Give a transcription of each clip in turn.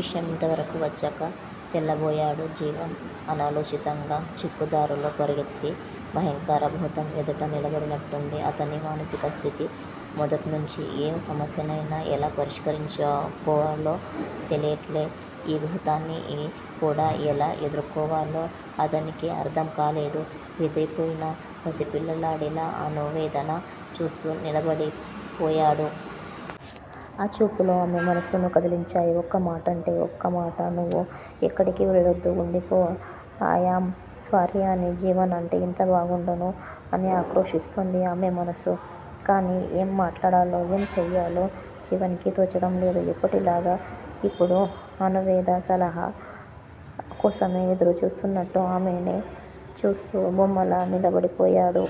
విషయం ఇంతవరకు వచ్చాక తెల్లబోయాడు జీవన్. అనాలోచితంగా చిక్కు దారుల్లో పరుగెత్తి భయంకర భూతం ఎదుట నిలబడినట్లుంది అతని మానసిక స్థితి. మొదట్నుంచి ఏ సమస్యనైనా ఎలా పరిష్కరించుకోవాలో తెలియనట్లే ఈ భూతాన్ని కూడా ఎలా ఎదుర్కోవాలో అతనికి అర్ధం కాలేదు. బెదిరిపోయిన పసిపిల్లాడిలా అణువేదని చూస్తూ నిలబడిపోయాడు. ఆ చూపులు ఆమె మనస్సును కదిలించాయి. ఒక్కమాటంటే ఒక్క మాట నువు ఎక్కడికి వెళ్లొద్దు వుండిపో ఆయామ్ సారీ! అని జీవన్ అంటే ఎంత బాగుండును? అని ఆక్రోశిస్తోంది ఆమె మనస్సు. కని ఏం మాట్లాడాలో, ఏం చెయ్యాలో జీవన్ కి తోచడం లేదు. ఎప్పటిలాగా యిప్పుడు అణువేద సలహా కోసమే ఎదురు చూస్తున్నట్లు ఆమెనే చూస్తూ బొమ్మలా నిలబడిపోయాడు.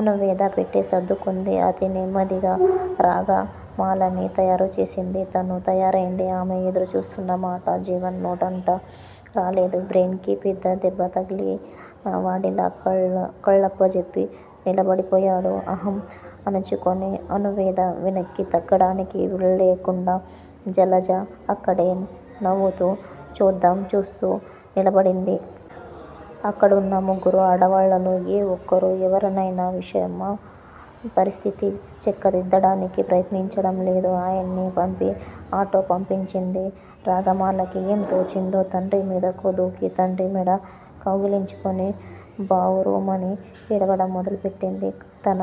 అణువేద పెట్టె సర్దుకుంది. అతి నెమ్మదిగా రాగమాలని తయారుచేసింది. తను తయారైంది. ఆమె ఎదురుచూస్తున్న మాట జీవన్ నోటంట రాలేదు. బ్రెయిన్ కి పెద్ద దెబ్బ తగిలినవాడిలా కళ్ళప్పజెప్పి నిలబడిపోయాడు. అహం అణచుకొని అణువేద వెనక్కి తగ్గడానికి వీల్లేకుండా జలజ అక్కడే నవుతూ చోద్యం చూస్తూ నిలబడింది. అక్కడున్న ముగ్గురు ఆడవాళ్ళలో ఏ వోక్కరు ఎదురైనా విషమ పరిస్థితి చక్కదిద్దడానికి ప్రయత్నించడంలేదు. అయాని పంపి అటో పిలిపించింది. రాగమాలకి ఏం తోచిందో తండ్రి మీదకు దూకి తండ్రి మెడ కౌగలించుకుని బావురుమని ఏడవడం మొదలుపెట్టింది. తన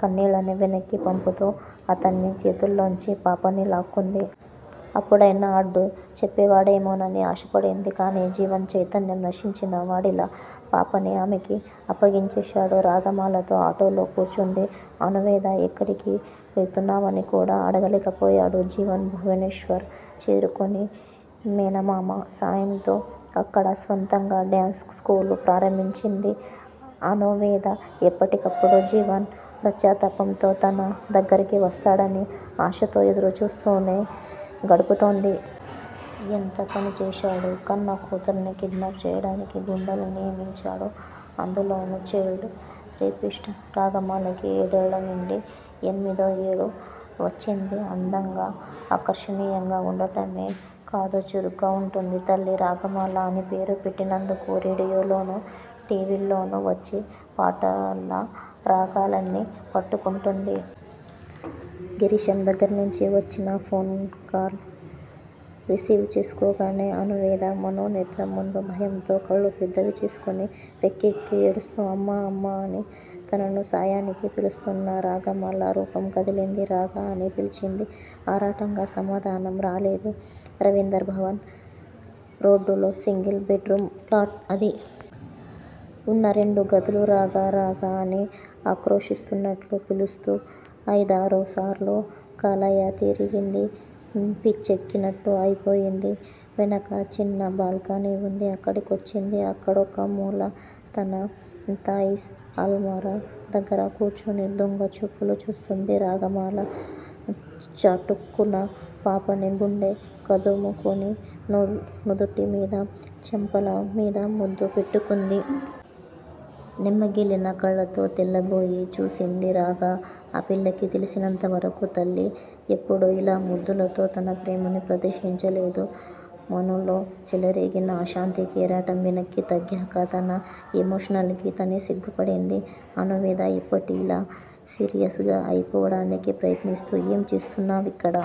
కన్నీళ్ళని వెనక్కి పంపుతూ అతని చేతుల్లోంచి పాపని లాక్కుంది. అప్పుడైనా అడ్డు చెప్తాడేమోనని ఆశపడింది. కని జీవన్ చైతన్యం నశించినా వాడిలా పాపని ఆమెకి అప్పగించేశాడు. రాగమాలతో ఆటోలో కూర్చుంది. అణువేద. ఎక్కడికి వెళ్తున్నావని కూడా అడగలేకపోయాడు జీవన్. భువనేశ్వర్ చేరుకొని మేనమామ సాయంతో అక్కడ స్వంతంగా డాన్సు స్కూలు ప్రారంభించింది అణువేద. ఎప్పటికప్పుడు జీవన్ పశ్చాత్తాపంతో తన దగ్గరికి వస్తాడని ఆశతో ఎదురు చూస్తోనే గడుపుతోంది. ఎంతపని చేశాడు. కన్న కూతురిని కిడ్నాప్ చెయ్యడానికి గుండాలని నియమించాడు. అందులోను చైల్డ్ రేపిస్ట్. రాగమాలకి ఏడేళ్ళు నిండి ఎనిమిదో ఏడు వచ్చింది. అందంగా ఆకర్షనియంగా వుండడమే కాదు చురుగ్గా వుంటుంది. తల్లి రాగమాల అని పేరు పెట్టినందుకు రేడియోలోను టి. వి. ల్లోనూ వచ్చే పాటల రాగాలన్నీ పట్టుకుంటుంది. గిరీశం దగ్గరనుంచి వచ్చిన ఫోన్ కాల్ రిసీవ్ చేసుకోగానే అణువేద మనోనేత్రం ముందు భయంతో కళ్ళు పెద్దవి చేసుకొని వెక్కి వెక్కి ఏడుస్తూ, అమ్మా! అమ్మా! అని తనను సహాయానికి పిలుస్తోన్న రాగమాల రూపం కదిలింది. రాగా! అని పిలిచింది. ఆరాటంగా సమాధానం రాలేదు. రవీంద్రభవన్ రోడ్డులో సింగిల్ బెడ్ రూమ్ ప్లాట్ అది. ఉన్న రెండు గదులు రాగా! రాగా! అని ఆక్రోశిస్తున్నట్లు పిలుస్తూ ఐదారుసార్లు కలయతిరిగింది. పిచ్చెక్కినట్లు అయిపొయింది. వెనక చిన్న బాల్కాని వుంది అక్కడి కొచ్చింది. అక్కడొక మూల తన తాయిస్ అల్మారా దగ్గర కూర్చుని దొంగ చూపులు చూస్తోంది రాగమాల. చటుక్కున పాపని గుండె కదుముకుని నుదుటి మీద, చెంపల మీద ముద్దు పెట్టుకుంది. చెమ్మగిల్లిన కళ్ళతో తెల్లబోయి చూసింది రాగ. ఆ పిల్లకి తెలిసినంతవరకు, తల్లి యెప్పుడు ఇలా ముద్దులుతో తన ప్రేమని ప్రదర్శించలేదు. మనులో చెలరేగిన అశాంతి కెరటం వెనక్కి తగ్గాక తన ఎమోషన్సుకి తనే సిగ్గుపడింది అణువేద. ఎప్పటిలా సీరియస్ గా అయిపోవడానికి ప్రయత్నిస్తూ ఏం చేస్తున్నావిక్కడ?